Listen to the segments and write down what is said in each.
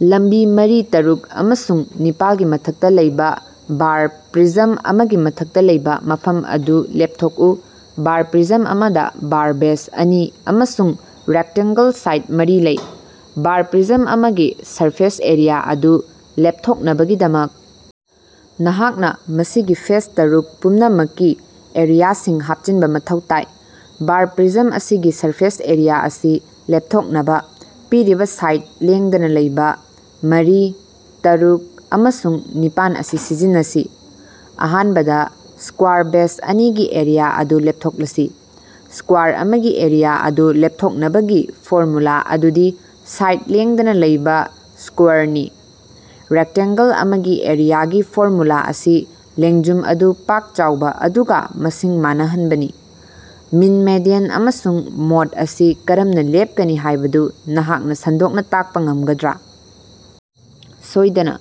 ꯂꯝꯕꯤ ꯃꯔꯤ, ꯇꯔꯨꯛ ꯑꯃꯁꯨꯡ ꯅꯤꯄꯥꯜꯒꯤ ꯃꯊꯛꯇ ꯂꯩꯕ ꯕꯥꯔ ꯄ꯭ꯔꯤꯖꯝ ꯑꯃꯒꯤ ꯃꯊꯛꯇ ꯂꯩꯕ ꯃꯐꯝ ꯑꯗꯨ ꯂꯦꯞꯊꯣꯛꯎ꯫ ꯕꯥꯔ ꯄ꯭ꯔꯤꯖꯝ ꯑꯃꯗ ꯕꯥꯔ ꯕꯦꯖ ꯑꯅꯤ ꯑꯃꯁꯨꯡ ꯔꯦꯛꯇꯟꯒꯜ ꯁꯥꯏꯗ ꯃꯔꯤ ꯂꯩ꯫ ꯕꯥꯔ ꯄ꯭ꯔꯤꯖꯝ ꯑꯃꯒꯤ ꯁꯔꯐꯦꯁ ꯑꯦꯔꯤꯌꯥ ꯑꯗꯨ ꯂꯦꯞꯊꯣꯛꯅꯕꯒꯤꯗꯃꯛ, ꯅꯍꯥꯛꯅ ꯃꯁꯤꯒꯤ ꯐꯦꯁ ꯇꯔꯨꯛ ꯄꯨꯝꯅꯃꯛꯀꯤ ꯑꯦꯔꯤꯌꯥꯁꯤꯡ ꯍꯥꯞꯆꯤꯟꯕ ꯃꯊꯧ ꯇꯥꯏ꯫ꯕꯥꯔ ꯄ꯭ꯔꯤꯖꯝ ꯑꯁꯤꯒꯤ ꯁꯔꯐꯦꯁ ꯑꯦꯔꯤꯌꯥ ꯑꯁꯤ ꯂꯦꯞꯊꯣꯛꯅꯕ, ꯄꯤꯔꯤꯕ ꯁꯥꯏꯗ ꯂꯦꯡꯗꯅ‌ ꯂꯩꯕ ꯃꯔꯤ, ꯇꯔꯨꯛ, ꯑꯃꯁꯨꯡ ꯅꯤꯄꯥꯟ ꯑꯁꯤ ꯁꯤꯖꯤꯟꯅꯁꯤ꯫ ꯑꯍꯥꯟꯕꯗ, ꯁꯀ꯭ꯋꯥꯔ ꯕꯦꯖ ꯑꯅꯤꯒꯤ ꯑꯦꯔꯤꯌꯥ ꯑꯗꯨ ꯂꯦꯞꯊꯣꯛꯂꯁꯤ: ꯁꯀ꯭ꯋꯥꯔ ꯑꯃꯒꯤ ꯑꯦꯔꯤꯌꯥ ꯑꯗꯨ ꯂꯦꯞꯊꯣꯛꯅꯕꯒꯤ ꯐꯣꯔꯃꯨꯂꯥ ꯑꯗꯨꯗꯤ ꯁꯥꯏꯗ ꯂꯦꯡꯗꯅ ꯂꯩꯕ ꯁ꯭ꯀꯣꯌꯔꯅꯤ꯫ ꯔꯦꯛꯇꯟꯒꯜ ꯑꯃꯒꯤ ꯑꯦꯔꯤꯌꯥꯒꯤ ꯐꯣꯔꯃꯨꯂꯥ ꯑꯁꯤ ꯂꯦꯡꯖꯨꯝ ꯑꯗꯨ ꯄꯥꯛ ꯆꯥꯎꯕ ꯑꯗꯨꯒ ꯃꯁꯤꯡ ꯃꯥꯟꯅꯍꯟꯕꯅꯤ꯫ ꯃꯤꯟ ꯃꯦꯗꯤꯌꯥꯟ ꯑꯃꯁꯨꯡ ꯃꯣꯗ ꯑꯁꯤ ꯀꯔꯝꯅ ꯂꯦꯞꯀꯅꯤ ꯍꯥꯏꯕꯗꯨ ꯅꯍꯥꯛꯅ ꯁꯟꯗꯣꯛꯅ ꯇꯥꯛꯄ ꯉꯝꯒꯗ꯭ꯔꯥ? ꯁꯣꯏꯗꯅ!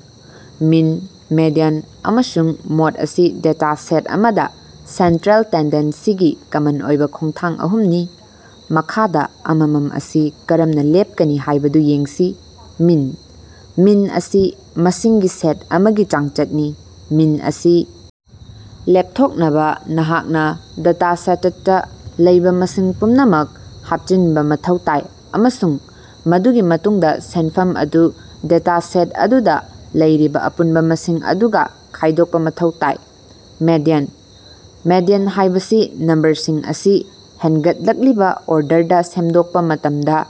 ꯃꯤꯟ, ꯃꯦꯗꯤꯌꯥꯟ ꯑꯃꯁꯨꯡ ꯃꯣꯗ ꯑꯁꯤ ꯗꯦꯇꯥ ꯁꯦꯠ ꯑꯃꯗ ꯁꯦꯟꯇ꯭ꯔꯦꯜ ꯇꯦꯟꯗꯦꯟꯁꯤꯒꯤ ꯀꯃꯟ ꯑꯣꯏꯕ ꯈꯣꯡꯊꯥꯡ ꯑꯍꯨꯝꯅꯤ꯫ ꯃꯈꯥꯗ ꯑꯃꯃꯝ ꯑꯁꯤ ꯀꯔꯝꯅ ꯂꯦꯞꯀꯅꯤ ꯍꯥꯏꯕꯗꯨ ꯌꯦꯡꯁꯤ‌: ꯃꯤꯟ - ꯃꯤꯟ ꯑꯁꯤ ꯃꯁꯤꯡꯒꯤ ꯁꯦꯠ ꯑꯃꯒꯤ ꯆꯥꯡꯆꯠꯅꯤ꯫ ꯃꯤꯟ ꯑꯁꯤ ꯂꯦꯞꯊꯣꯛꯅꯕ, ꯅꯍꯥꯛꯅ ꯗꯦꯇꯥꯁꯦꯇꯠꯇ ꯂꯩꯕ ꯃꯁꯤꯡ ꯄꯨꯝꯅꯃꯛ ꯍꯥꯞꯆꯤꯟꯕ ꯃꯊꯧ ꯇꯥꯏ ꯑꯃꯁꯨꯡ ꯃꯗꯨꯒꯤ ꯃꯇꯨꯡꯗ ꯁꯦꯟꯐꯝ ꯑꯗꯨ ꯗꯦꯇꯥꯁꯦꯠ ꯑꯗꯨꯗ ꯂꯩꯔꯤꯕ ꯑꯄꯨꯟꯕ ꯃꯁꯤꯡ ꯑꯗꯨꯒ ꯈꯥꯏꯗꯣꯛꯄ ꯃꯊꯧ ꯇꯥꯏ꯫ ꯃꯦꯗꯤꯌꯥꯟ - ꯃꯦꯗꯤꯌꯥꯟ ꯍꯥꯏꯕꯁꯤ ꯅꯝꯕꯔꯁꯤꯡ ꯑꯁꯤ ꯍꯦꯟꯒꯠꯂꯛꯂꯤꯕ ꯑꯣꯔꯗꯔꯗ ꯁꯦꯝꯗꯣꯛꯄ ꯃꯇꯝꯗ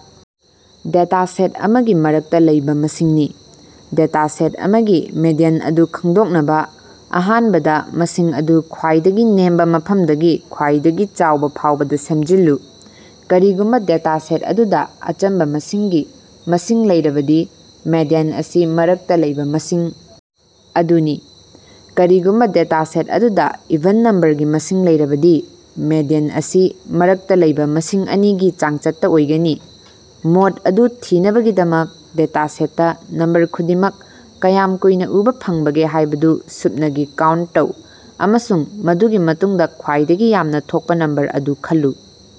ꯗꯦꯇꯥꯁꯦꯠ ꯑꯃꯒꯤ ꯃꯔꯛꯇ ꯂꯩꯕ ꯃꯁꯤꯡꯅꯤ꯫ ꯗꯦꯇꯥ ꯁꯦꯠ ꯑꯃꯒꯤ ꯃꯦꯗꯤꯌꯥꯟ ꯑꯗꯨ ꯈꯪꯗꯣꯛꯅꯕ, ꯑꯍꯥꯟꯕꯗ ꯃꯁꯤꯡ ꯑꯗꯨ ꯈ꯭ꯋꯥꯏꯗꯒꯤ ꯅꯦꯝꯕ ꯃꯐꯝꯗꯒꯤ ꯈ꯭ꯋꯥꯏꯗꯒꯤ ꯆꯥꯎꯕ ꯐꯥꯎꯕꯗ ꯁꯦꯝꯖꯤꯜꯂꯨ꯫ ꯀꯔꯤꯒꯨꯝꯕ ꯗꯦꯇꯥꯁꯦꯠ ꯑꯗꯨꯗ ꯑꯆꯝꯕ ꯃꯁꯤꯡꯒꯤ ꯃꯁꯤꯡ ꯂꯩꯔꯕꯗꯤ, ꯃꯦꯗꯤꯌꯥꯟ ꯑꯁꯤ ꯃꯔꯛꯇ ꯂꯩꯕ ꯃꯁꯤꯡ ꯑꯗꯨꯅꯤ꯫ ꯀꯔꯤꯒꯨꯝꯕꯥ ꯗꯦꯇꯥꯁꯦꯠ ꯑꯗꯨꯗ ꯏꯚꯟ ꯅꯝꯕꯔꯒꯤ ꯃꯁꯤꯡ ꯂꯩꯔꯕꯗꯤ, ꯃꯦꯗꯤꯌꯥꯟ ꯑꯁꯤ ꯃꯔꯛꯇ ꯂꯩꯕꯥ ꯃꯁꯤꯡ ꯑꯅꯤꯒꯤ ꯆꯥꯡꯆꯠꯇ ꯑꯣꯏꯒꯅꯤ꯫ ꯃꯣꯗ ꯑꯗꯨ ꯊꯤꯅꯕꯒꯤꯗꯃꯛ, ꯗꯦꯇꯥꯁꯦꯠꯇ ꯅꯝꯕꯔ ꯈꯨꯗꯤꯡꯃꯛ ꯀꯌꯥꯝ ꯀꯨꯏꯅ ꯎꯕꯥ ꯐꯪꯕꯒꯦ ꯍꯥꯏꯕꯗꯨ ꯁꯨꯞꯅꯒꯤ ꯀꯥꯎꯟꯇ ꯇꯧ, ꯑꯃꯁꯨꯡ ꯃꯗꯨꯒꯤ ꯃꯇꯨꯡꯗ ꯈ꯭ꯋꯥꯏꯗꯒꯤ ꯌꯥꯝꯅ ꯊꯣꯛꯄ ꯅꯝꯕꯔ ꯑꯗꯨ ꯈꯜꯂꯨ꯫